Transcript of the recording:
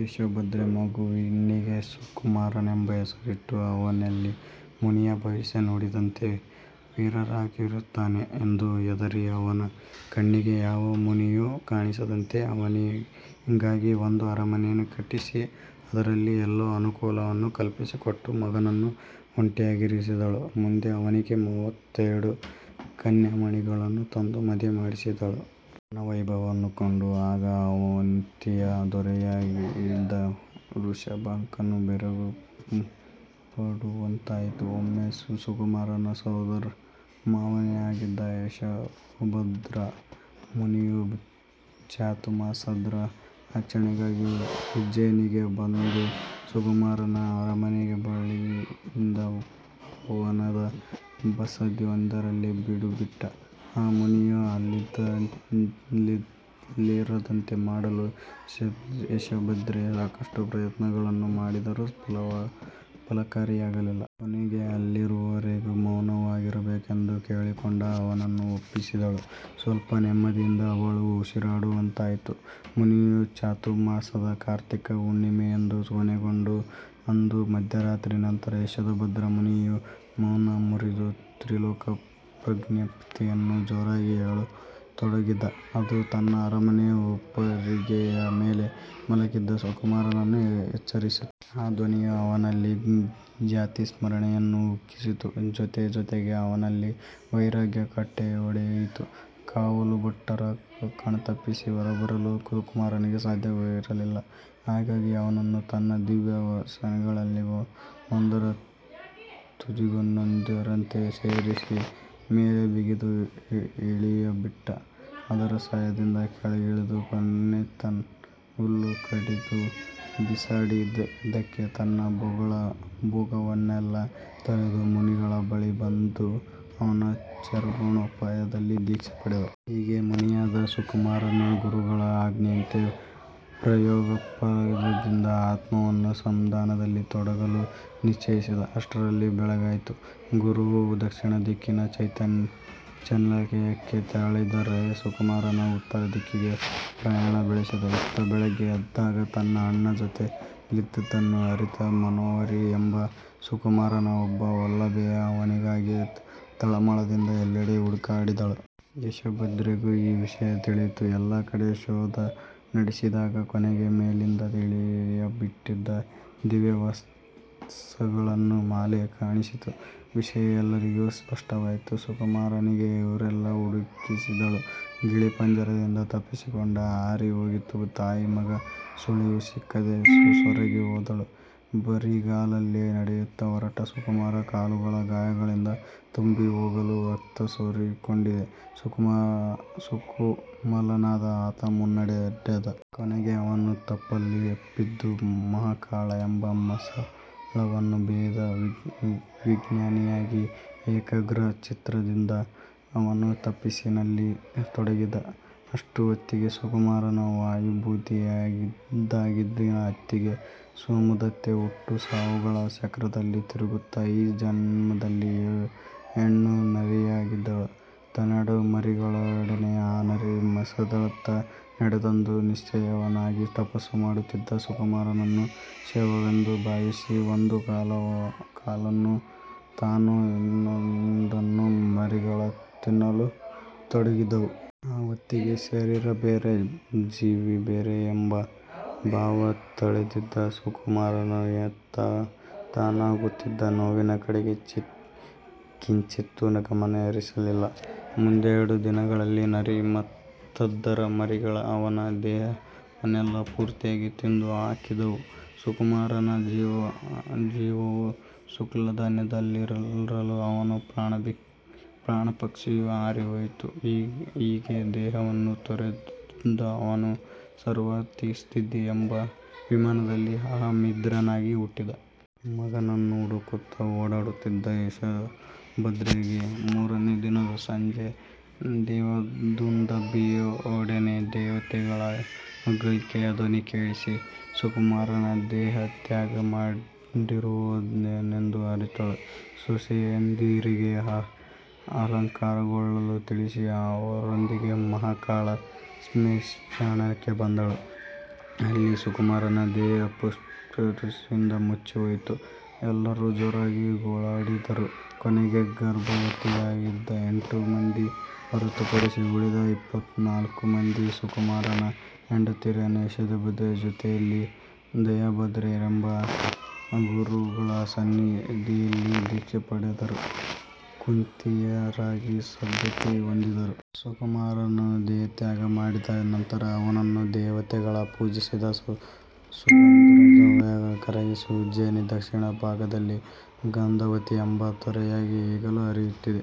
ಯಶೋಭದ್ರೆ ಮಗನಿಗೆ ಸುಕುಮಾರನೆಂಬ ಹೆಸರಿಟ್ಟು, ಅವನೆಲ್ಲಿ ಮುನಿಯು ಭವಿಷ್ಯ ನುಡಿದಂತೆ ವಿರಾಗಿಯಾಗುತ್ತಾನೋ ಎಂದು ಹೆದರಿ, ಅವನ ಕಣ್ಣಿಗೆ ಯಾವ ಮುನಿಯೂ ಕಾಣಿಸದಂತೆ ಅವನಿಗಾಗಿಯೇ ಒಂದು ಅರಮನೆಯನ್ನು ಕಟ್ಟಿಸಿ, ಅದರಲ್ಲಿ ಎಲ್ಲ ಅನುಕೂಲಗಳನ್ನೂ ಕಲಿಸಿಕೊಟ್ಟು, ಮಗನನ್ನು ಒಂಟಿಯಾಗಿರಿಸಿದಳು. ಮುಂದೆ ಅವನಿಗೆ ಮೂವತ್ತೆರಡು ಕನ್ಯಾಮಣಿಗಳನ್ನು ತಂದು ಮದುವೆ ಮಾಡಿಸಿದಳು. ಅವನ ವೈಭವವನ್ನು ಕಂಡು ಆಗ ಆವಂತಿಯ ದೊರೆಯಾಗಿದ್ದ ವೃಷಭಾಂಕನೂ ಬೆರಗು ಪಡುವಂತಾಯಿತು. ಒಮ್ಮೆ ಸುಕುಮಾರನ ಸೋದರಮಾವನೇ ಆಗಿದ್ದ ಯಶೋಭದ್ರ ಮುನಿಯು ಚಾತುರ್ಮಾಸದ ಆಚರಣೆಗಾಗಿ ಉಜ್ಜೇನಿಗೆ ಬಂದು ಸುಕುಮಾರನ ಆರಮನೆಯ ಬಳಿಯಿದ್ದ ಉಪವನದ ಬಸದಿಯೊಂದರಲ್ಲಿ ಬೀಡುಬಿಟ್ಟ. ಆ ಮುನಿಯು ಅಲ್ಲಿರದಂತೆ ಮಾಡಲು ಯಶೋಭದ್ರೆ ಸಾಕಷ್ಟು ಪ್ರಯತ್ನಗಳನ್ನು ಮಾಡಿದರೂ ಫಲಕಾರಿಯಾಗಲಿಲ್ಲ. ಕೊನೆಗೆ ಅಲ್ಲಿರುವವರೆಗೂ ಮೌನವಾಗಿರಬೇಕೆಂದು ಕೇಳಿಕೊಂಡು ಅವನನ್ನು ಒಪ್ಪಿಸಿದಳು. ಸ್ಪಲ್ಪ ನೆಮ್ಮದಿಯಿಂದ ಅವಳು ಉಸಿರಾಡುವಂತಾಯಿತು. ಮುನಿಯ ಚಾತುರ್ಮಾಸ ಕಾರ್ತಿಕ ಹುಣ್ಣೆಮೆಯಂದು ಕೊನೆಗೊಂಡಿತು. ಅಂದು ಮಧ್ಯರಾತ್ರಿಯ ನಂತರ ಯಶೋಭದ್ರ ಮುನಿಯು ಮೌನ ಮುರಿದು ತ್ರಿಲೋಕ ಪ್ರಜ್ಞಪ್ತಿಯನ್ನು ಜೋರಾಗಿ ಹೇಳತೊಡಗಿದ. ಅದು ತನ್ನ ಆರಮನೆಯ ಉಪ್ಪರಿಗೆಯ ಮೇಲೆ ಮಲಗಿದ್ದ ಸುಕುಮಾರನನ್ನು ಎಚ್ಚರಿಸಿತು. ಆ ಧ್ವನಿಯು ಅವನಲ್ಲಿ ಜಾತಿಸ್ಮರಣೆಯನ್ನು ಉಕ್ಕಿಸಿತು; ಜೊತೆ ಜೋತೆಗೇ ಅವನಲ್ಲಿನ ವೈರಾಗ್ಯ ಕಟ್ಟೆಯೊಡೆಯಿತು. ಕಾವಲುಭಟರ ಕಣ್ತಪ್ಪಿಸಿ ಹೊರಬರಲು ಸುಕುಮಾರನಿಗೆ ಸಾಧ್ಯವಿರಲಿಲ್ಲ. ಹಾಗಾಗಿ ಅವನು ತನ್ನ ದಿವ್ಯ ವಸಗಳನ್ನೇ ಒಂದರ ತುದಿಗಿನ್ನೊಂದರಂತೆ ಸೇರಿಸಿ ಮೇಲೆ ಬಿಗಿದು ಇಳಿಯಬಿಟ್ಟು ಅದರ ಸಹಾಯದಿಂದ ಕೆಳಗಿಳಿದು, ಕೊಳೆತ ಹುಲ್ಲು ಕಡ್ದಿಯನ್ನು ಬಿಸಾಡಿದಂತೆ ತನ್ನ ಭೋಗವನ್ನೆಲ್ಲ ತೊರೆದು, ಮುನಿಗಳ ಬಳಿ ಬಂದು ಅವರ ಚರಣೋಪಾಂತರದಲ್ಲಿ ದೀಕ್ಷೆ ಪಡೆದ. ಹೀಗೆ ಮುನಿಯಾದ ಸುಕುಮಾರನು ಗುರುಗಳ ಅಜ್ಞೆಯಂತೆ ಪ್ರಾಯೋಪಗಮನದಿಂದ ಆತ್ಮಾನು ಸಂದಾನದಲ್ಲಿ ತೊಡಗಲು ನಿಶ್ಚೈಸಿದ. ಅಷ್ಟರಲ್ಲಿ ಬೆಳಗಾಯಿತು; ಗುರುವು ದಕ್ಷಿಣ ದಿಕ್ಕಿನ ಚೈತ್ಯಾಲಯಕ್ಕೆ ತೆರಳಿದರೆ, ಸುಕುಮಾರನು ಉತ್ತರ ದಿಕ್ಕಿಗೆ ಪಯಣ ಬೆಳೆಸಿದ. ಇತ್ತ, ಬೆಳಿಗ್ಗೆ ಎದ್ದಾಗ ತನ್ನ ಅಣ್ಣ ಜೊತೆಯಲ್ಲಿದುದನ್ನು ಅರಿತ ಮನೋಹರಿ ಎಂಬ ಸುಕುಮಾರನ ಒಬ್ಬ ವಲ್ಲಭೆಯು ಅವನಿಗಾಗಿ ತಳಮಳದಿಂದ ಎಲ್ಲೆಡೆ ಹುಡುಕಾಡಿದಳು. ಯಶೋಭದ್ರೆಗೂ ಈ ವಿಷಯ ತಿಳಿಯುತು. ಎಲ್ಲ ಕಡೆ ಶೋಧ ನಡೆಸಿದಾಗ ಕೊನೆಗೆ, ಮೇಲಿನಿಂದ ಇಳಿಯಬಿಟ್ಟಿದ್ದ ದಿವ್ಯವಸಗಳ ಮಾಲೆ ಕಾಣಿಸಿತು. ವಿಷಯ ಎಲ್ಲರಿಗೂ ಸ್ಪಷ್ಟವಾಯಿತು. ಸುಕುಮಾರನಿಗಾಗಿ ಊರರೆಲ್ಲ ಹುಡುಕಿಸಿದರು. ಗಿಳಿ ಪಂಜರದಿಂದ ತಪ್ಪಿಸಿಕೊಂಡು ಹಾರಿ ಹೋಗಿತ್ತು. ತಾಯಿ ಮಗನ ಸುಳಿವು ಸಿಕ್ಕದೆ ಸೊರಗಿ ಹೋದಳು. ಬರಿಗಾಲಲ್ಲಿ ನಡೆಯುತ್ತ ಹೊರಟ ಸುಕುಮಾರನ ಕಾಲುಗಳು ಗಾಯಗಳಿಂದ ತುಂಬಿಹೋಗಲು, ರಕ್ತ ಸೋರಿಸಿಕೊಂಡೇ ಸುಕೋಮಲನಾದ ಆತ ಮುನ್ನಡೆದ. ಕೊನೆಗೆ ಅವನು ತಪಲಪಿದ್ದು ಮಹಾಕಾಳ ಎಂಬ ಮಸಣವನ್ನು, ಭೇದ ವಿಜ್ಞಾನಿಯಾಗಿ ಏಕಾಗ್ರಚಿತ್ತದಿಂದ ಅವನು ತಪಸ್ಸಿನಲ್ಲಿ ತೊಡಗಿದ. ಅಷ್ಟು ಹೊತ್ತಿಗೆ, ಸುಕುಮಾರನು ವಾಯುಭೂತಿಯಾಗಿದ್ದಾಗಿನ ಅತ್ತಿಗೆ ಸೋಮದತ್ತೆ ಹುಟ್ಟು ಸಾವುಗಳ ಚಕ್ರದಲ್ಲಿ ತಿರುಗುತ್ತ ಈ ಜನ್ಮದಲ್ಲಿ ಹೆಣ್ಣು ನರಿಯಾಗಿದ್ದಳು. ತನ್ನೆರಡು ಮರಿಗಳೊಡನೆ ಆ ನರಿ ಮಸಣದತ್ತ ನಡೆತಂದು, ನಿಶ್ಚಲನಾಗಿ ತಪಸ್ಸು ಮಾಡುತ್ತಿದ್ದ ಸುಕುಮಾರನನ್ನು ಶವವೆಂದು ಭಾವಿಸಿ ಒಂದು ಕಾಲನ್ನು ತಾನು, ಇನ್ನೊಂದನ್ನು ಮರಿಗಳು ತಿನ್ನಲು ತೊಡಗಿದವು. ಆ ಹೊತ್ತಿಗೆ "ಶರೀರ ಬೇರೆ, ಜೀವ ಬೇರೆ" ಏಂಬ ಭಾವ ತಳೆದಿದ್ದ ಸುಕುಮಾರನು ತನಾಗುತ್ತಿದ್ದ ನೋವಿನ ಕಡೆ ಕಿಂಚಿತ್ತೂ ಗಮನ ಹರಿಸಲಿಲ್ಲ. ಮುಂದೆರಡು ದಿನಗಳಲ್ಲಿ ನರಿ ಮತ್ತದರ ಮರಿಗಳು ಅವನ ದೇಹವನ್ನೆಲ್ಲ ಪೂರ್ತಿಯಾಗಿ ತಿಂದು ಹಾಕಿದವು. ಸುಕುಮಾರನ ಜೀವವು ಶುಕ್ಲಧ್ಯಾನದಲ್ಲಿರಲು, ಅವನ ಪ್ರಾಣಪಕ್ಷಿಯು ಹಾರಿಹೋಯುತು. ಹೀಗೆ ದೇಹವನ್ನು ತೊರೆದ ಅವನು ಸರ್ವಾರ್ಥಸಿದ್ಧಿ ಎಂಬ ವಿಮಾನದಲ್ಲಿ ಅಹಮಿಂದ್ರನಾಗಿ ಹುಟ್ಟಿದ. ಮಗನನ್ನು ಹುಡುಕುತ್ತ ಓಡಾಡುತ್ತಿದ್ದ ಯಶೋಭದ್ರೆಗೆ ಮೂರನೆಯ ದಿನದ ಸಂಜೆ ದೇವದುಂದುಭಿಯೊಡನೆ ದೇವತೆಗಳ ಹೊಗಳಿಕೆಯ ಧ್ವನಿ ಕೇಳಿಸಿ, ಸುಕುಮಾರನು ದೇಹತ್ಯಾಗ ಮಾಡಿರುವನೆಂದು ಅರಿತಳು. ಸೊಸೆಯಂದಿರಿಗೆ ಅಲಂಕಾರಗೊಳ್ಳಲು ತಿಳಿಸಿ, ಅವರೊಂದಿಗೆ ಮಹಾಕಾಳ ಶ್ಮಶಾನಕ್ಕೆ ಬಂದಳು. ಅಲ್ಲಿ ಸುಕುಮಾರನ ದೇಹ ಪುಷ್ಪವೃಷ್ಟಿಯಿಂದ ಮುಚ್ಚಿಹೋಗಿತ್ತು. ಎಲ್ಲರೂ ಜೋರಾಗಿ ಗೋಳಾಡಿದರು. ಕೊನೆಗೆ ಗರ್ಭವತಿಯಾರಾಗಿದ್ದ ಎಂಟು ಮಂದಿಯನ್ನು ಹೊರತುಪಡಿಸಿ ಉಳಿದ ಇಪ್ಪತ್ತನಾಲ್ಕು ಮಂದಿ ಸುಕುಮಾರನ ಹೆಂಡತಿಯರು ಯಶೋಭದ್ರೆ ಜೊತೆಯಲ್ಲಿ ದಯಾಭದ್ರರೆಂಬ ಗುರುಗಳ ಸನ್ನಿಧಿಯಲ್ಲಿ ದೀಕ್ಷೆ ಪಡೆದರು; ಕುಂತಿಯರಾಗಿ ಸದ್ಗತಿ ಹೊಂದಿದರು. ಸುಕುಮಾರನು ದೇಹತ್ಯಾಗ ಮಾಡಿದ ನಂತರ ಅವನನ್ನು ದೇವತೆಗಳು ಪೂಜಿಸಿದ ಸುಗಂಧದ್ರವ್ಯಗಳು ಕರಗಿ ಉಜ್ಜೇನಿಯ ದಕ್ಕ್ಷಿಣಭಾಗದಲ್ಲಿ "ಗಂಧವತಿ" ಎಂಬ ತೊರೆಯಾಗಿ ಈಗಲೂ ಹರಿಯುತ್ತಿದೆ!